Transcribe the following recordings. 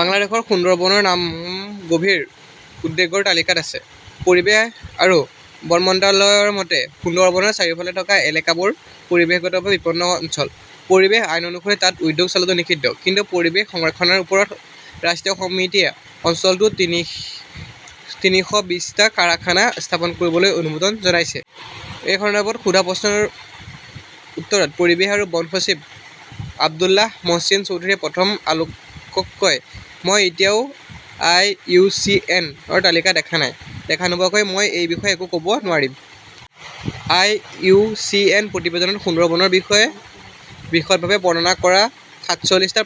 বাংলাদেশৰ সুন্দৰবনৰ নাম গভীৰ উদ্বেগৰ তালিকাত আছে। পৰিৱেশ আৰু বন মন্ত্ৰালয়ৰ মতে, সুন্দৰবনৰ চাৰিওফালে থকা এলেকাবোৰ পৰিৱেশগতভাৱে বিপন্ন অঞ্চল। পৰিৱেশ আইন অনুসৰি তাত উদ্যোগ চলোৱাটো নিষিদ্ধ। কিন্তু পৰিৱেশ সংৰক্ষণৰ ওপৰত ৰাষ্ট্ৰীয় সমিতিয়ে অঞ্চলটোত তিনিশ বিশ টা কাৰখানা স্থাপন কৰিবলৈ অনুমোদন জনাইছে। এই সন্দৰ্ভত সোধা প্ৰশ্নৰ উত্তৰত পৰিৱেশ আৰু বন সচিব আব্দুল্লাহ মহচিন চৌধুৰীয়ে প্ৰথম আলোকক কয়, মই এতিয়াও আই. ইউ. চি. এন. -ৰ তালিকা দেখা নাই। দেখা নোপোৱাকৈ মই এই বিষয়ে একো ক "ব নোৱাৰিম। আই. ইউ. চি. এন. প্ৰতিবেদনত সুন্দৰবনৰ বিষয়ে বিশদভাৱে বৰ্ণনা কৰা সাত চল্লিশ টা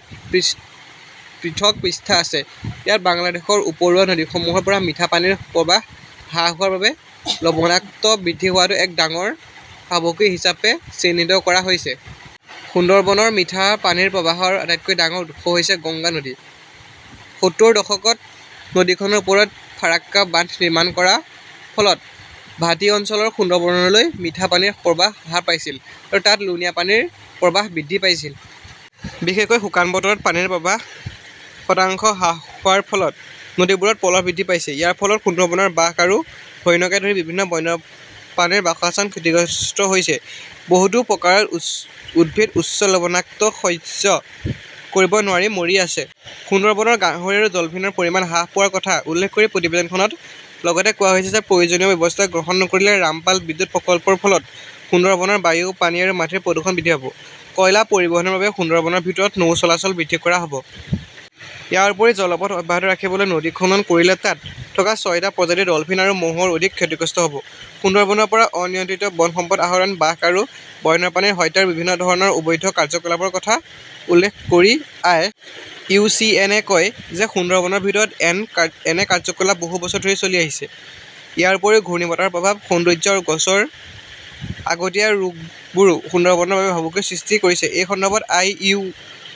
পৃথক পৃষ্ঠা আছে। ইয়াত বাংলাদেশৰ উপৰুৱা নদীসমূহৰ পৰা মিঠা পানীৰ প্ৰবাহ হ্ৰাস হোৱাৰ বাবে লবণাক্ত বৃদ্ধি হোৱাটো এক ডাঙৰ ভাবুকি হিচাপে চিহ্নিত কৰা হৈছে। সুন্দৰবনৰ মিঠা পানীৰ প্ৰবাহৰ আটাইতকৈ ডাঙৰ উৎস হৈছে গংগা নদী। সত্তৰ দশকত নদীখনৰ ওপৰত ফাৰক্কা বান্ধ নিৰ্মাণ কৰাৰ ফলত ভাটি অঞ্চলৰ সুন্দৰবনলৈ মিঠা পানীৰ প্ৰৱাহ হ্ৰাস পাইছিল আৰু তাত লুনীয়া পানীৰ প্ৰৱাহ বৃদ্ধি পাইছিল। বিশেষকৈ শুকান বতৰত পানীৰ প্ৰৱাহ শতাংশ হ্ৰাস হোৱাৰ ফলত নদীবোৰত পলস বৃদ্ধি পাইছে। ইয়াৰ ফলত সুন্দৰবনৰ বাঘ আৰু হৰিণকে ধৰি বিভিন্ন বন্যপ্ৰাণীৰ বাসস্থান ক্ষতিগ্ৰস্ত হৈছে। বহুতো প্ৰকাৰৰ উদ্ভিদ উচ্চ লবণাক্ত সহ্য কৰিব নোৱাৰি মৰি আছে। সুন্দৰবনৰ গাহৰি আৰু ডলফিনৰ পৰিমাণ হ্ৰাস পোৱাৰ কথা উল্লেখ কৰি প্ৰতিবেদনখনত লগতে কোৱা হৈছে যে প্ৰয়োজনীয় ব্যৱস্থা গ্ৰহণ নকৰিলে ৰামপাল বিদ্যুৎ প্ৰকল্পৰ ফলত সুন্দৰবনৰ বায়ু, পানী আৰু মাটিৰ প্ৰদূষণ বৃদ্ধি পাব। কয়লা পৰিবহণৰ বাবে সুন্দৰবনৰ ভিতৰত নৌ চলাচল বৃদ্ধি কৰা হ'ব। ইয়াৰ উপৰিও জলপথ অব্যাহত ৰাখিবলৈ নদী খনন কৰিলে তাত থকা ছয়টা প্ৰজাতিৰ ডলফিন আৰু মহৰ অধিক ক্ষতিগ্ৰস্ত হ'ব। সুন্দৰবনৰ পৰা অনিয়ন্ত্ৰিত বন সম্পদ আহৰণ, বাঘ আৰু বন্যপ্ৰাণীৰ হত্যা আৰু বিভিন্ন ধৰণৰ অবৈধ কাৰ্যকলাপৰ কথা উল্লেখ কৰি আই. ইউ. চি. এন. -এ কয় যে সুন্দৰবনৰ ভিতৰত এনে কাৰ্যকলাপ বহু বছৰ ধৰি চলি আহিছে। ইয়াৰ উপৰিও ঘূৰ্ণীবতাহৰ প্ৰভাৱ, সৌন্দৰ্য্য আৰু গছৰ আগতীয়া ৰোগবোৰো সুন্দৰবনৰ বাবে ভাবুকিৰ সৃষ্টি কৰিছে। এই সন্দৰ্ভত আই. ইউ.